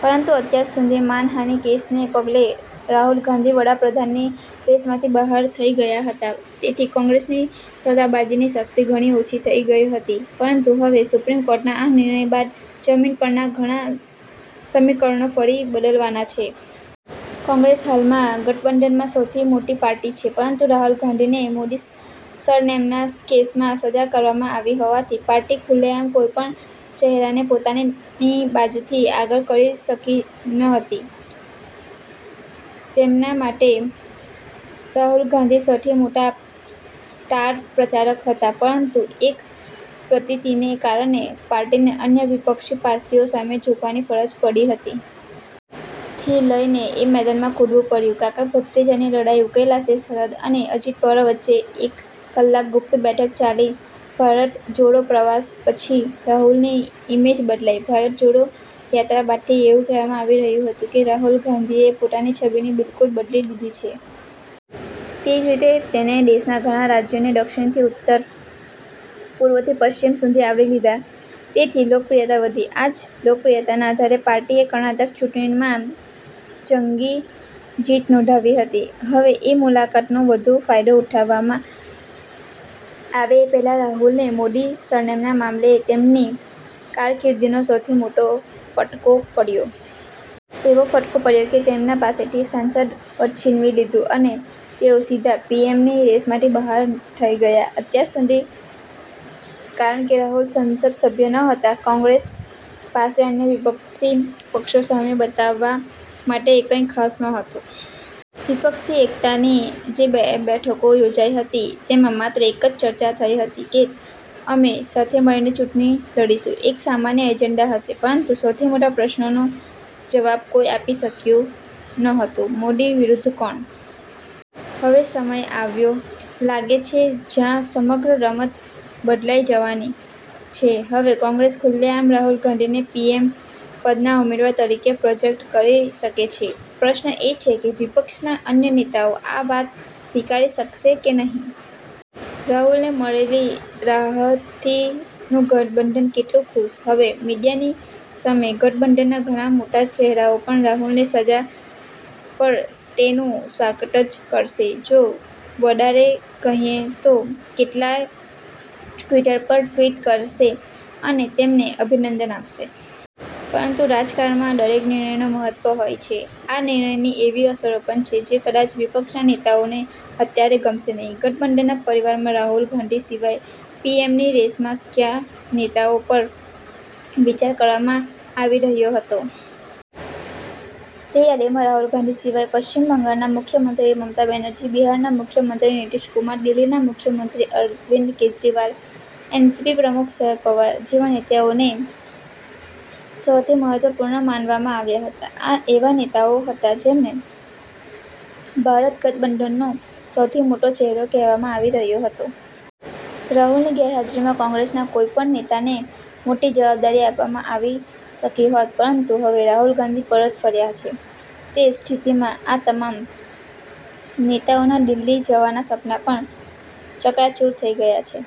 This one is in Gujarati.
પરંતુ અત્યાર સુધી માનહાની કેસને પગલે રાહુલ ગાંધી વડા પ્રધાનપદની રેસમાંથી બહાર થઈ ગયા હતા, તેથી કોંગ્રેસની સોદાબાજીની શક્તિ ઘણી ઓછી થઈ ગઈ હતી. પરંતુ હવે સુપ્રીમ કોર્ટના આ નિર્ણય બાદ જમીન પરના ઘણા સમીકરણો ફરી બદલાવાના છે. કૉંગ્રેસ હાલમાં ગઠબંધનમાં સૌથી મોટી પાર્ટી છે, પરંતુ રાહુલ ગાંધીને મોદી સરનેમના કેસમાં સજા કરવામાં આવી હોવાથી, પાર્ટી ખુલ્લેઆમ કોઈ પણ ચહેરાને પોતાની બાજુથી આગળ કરી શકી ન હતી. તેમના માટે રાહુલ ગાંધી સૌથી મોટા સ્ટાર પ્રચારક હતા, પરંતુ એક પ્રતીતિને કારણે પાર્ટીને અન્ય વિપક્ષી પાર્ટીઓ સામે ઝુકવાની ફરજ પડી હતી. થી લઈને એ મેદાનમાં કૂદવું પડ્યું: કાકા-ભત્રીજાની લડાઈ ઉકેલાશે? શરદ અને અજિત પવાર વચ્ચે એક કલાક 'ગુપ્ત બેઠક' ચાલી ભારત જોડો પ્રવાસ પછી રાહુલની ઈમેજ બદલાઈ? ભારત જોડો યાત્રા બાદથી એવું કહેવામાં આવી રહ્યું હતું કે, રાહુલ ગાંધીએ પોતાની છબી બિલકુલ બદલી દીધી છે. જે રીતે તેણે દેશનાં ઘણાં રાજ્યોને દક્ષિણથી ઉત્તર, પૂર્વથી પશ્ચિમ સુધી આવરી લીધાં, તેની લોકપ્રિયતા વધી. આ જ લોકપ્રિયતાના આધારે પાર્ટીએ કર્ણાટક ચૂંટણીમાં જંગી જીત નોંધાવી હતી. હવે એ મુલાકાતનો વધુ ફાયદો ઉઠાવવામાં આવે એ પહેલા રાહુલને મોદી સરનેમના મામલે તેમની કારકિર્દીનો સૌથી મોટો ફટકો પડ્યો. એવો ફટકો પડ્યો કે, તેમના પાસેથી સાંસદ પદ છીનવી લીધુ અને તેઓ સીધા પીએમની રેસમાંથી બહાર થઈ ગયા. અત્યાર સુધી, કારણ કે રાહુલ સંસદ સભ્ય ન હતા, કોંગ્રેસ પાસે અન્ય વિપક્ષી પક્ષો સામે બતાવવા માટે કંઈ ખાસ નહોતું. વિપક્ષી એકતાની જે બે બેઠકો યોજાઈ હતી, તેમાં માત્ર એટલી જ ચર્ચા થઈ હતી કે અમે સાથે મળીને ચૂંટણી લડીશું, એક સામાન્ય એજન્ડા હશે. પરંતુ સૌથી મોટા પ્રશ્નનો જવાબ કોઈ આપી શક્યું ન હતું – મોદી વિરુદ્ધ કોણ. હવે સમય આ્યો લાગે છે, જ્યાં સમગ્ર રમત બદલાઈ જવાની છે. હવે કોંગ્રેસ ખુલ્લેઆમ રાહુલ ગાંધીને પીએમ પદના ઉમેદવાર તરીકે પ્રોજેક્ટ કરી શકે છે. પ્રશ્ન એ છે કે, વિપક્ષના અન્ય નેતાઓ આ વાત સ્વીકારશે કે નહીં? રાહુલને મળેલી રાહતથી નું ગઠબંધન કેટલું ખુશ? હવે મીડિયાની સામે, ગઠબંધનના ઘણા મોટા ચહેરાઓ પણ રાહુલની સજા પર સ્ટેનું સ્વાગત જ કરશે, જો વદારે કહીએ તો કેટલાક ટ્વિટર પર ટ્વિટ કરશે અને તેમને અભિનંદન આપશે. પરંતુ રાજકારણમાં દરેક નિર્ણય મહત્વનો હોય છે. આ નિર્ણયની એવી અસરો પણ છે જે કદાચ વિપક્ષના નેતાઓને અત્યારે ગમશે નહીં. ગઠબંધનના પરિવારમાં રાહુલ ગાંધી સિવાય પીએમની રેસમાં કયા નેતાઓ પર વિચાર કરવામાં આવી રહ્યો હતો? તે યાદીમાં રાહુલ ગાંધી સિવાય પશ્ચિમ બંગાળના મુખ્યમંત્રી મમતા બેનર્જી, બિહારના મુખ્યમંત્રી નીતિશ કુમાર, દિલ્હીના મુખ્યમંત્રી અરવિંદ કેજરીવાલ, એનસીપી પ્રમુખ શરદ પવાર જેવા નેતાઓને સૌથી મહત્વપૂર્ણ માનવામાં આવ્યા હતા. આ એવા નેતાઓ હતા, જેમને ભારત ગઠબંધનનો સૌથી મોટો ચહેરો કહેવામાં આવી રહ્યો હતો. રાહુલની ગેરહાજરીમાં કોંગ્રેસના કોઈ પણ નેતાને 'મોટી જવાબદારી' આપવામાં આવી શકી હોત. પરંતુ હવે રાહુલ ગાંધી પરત ફર્યા છે, તે સ્થિતિમાં આ તમામ નેતાઓના દિલ્હી જવાના સપના પણ ચકનાચૂર થઈ ગયા છે.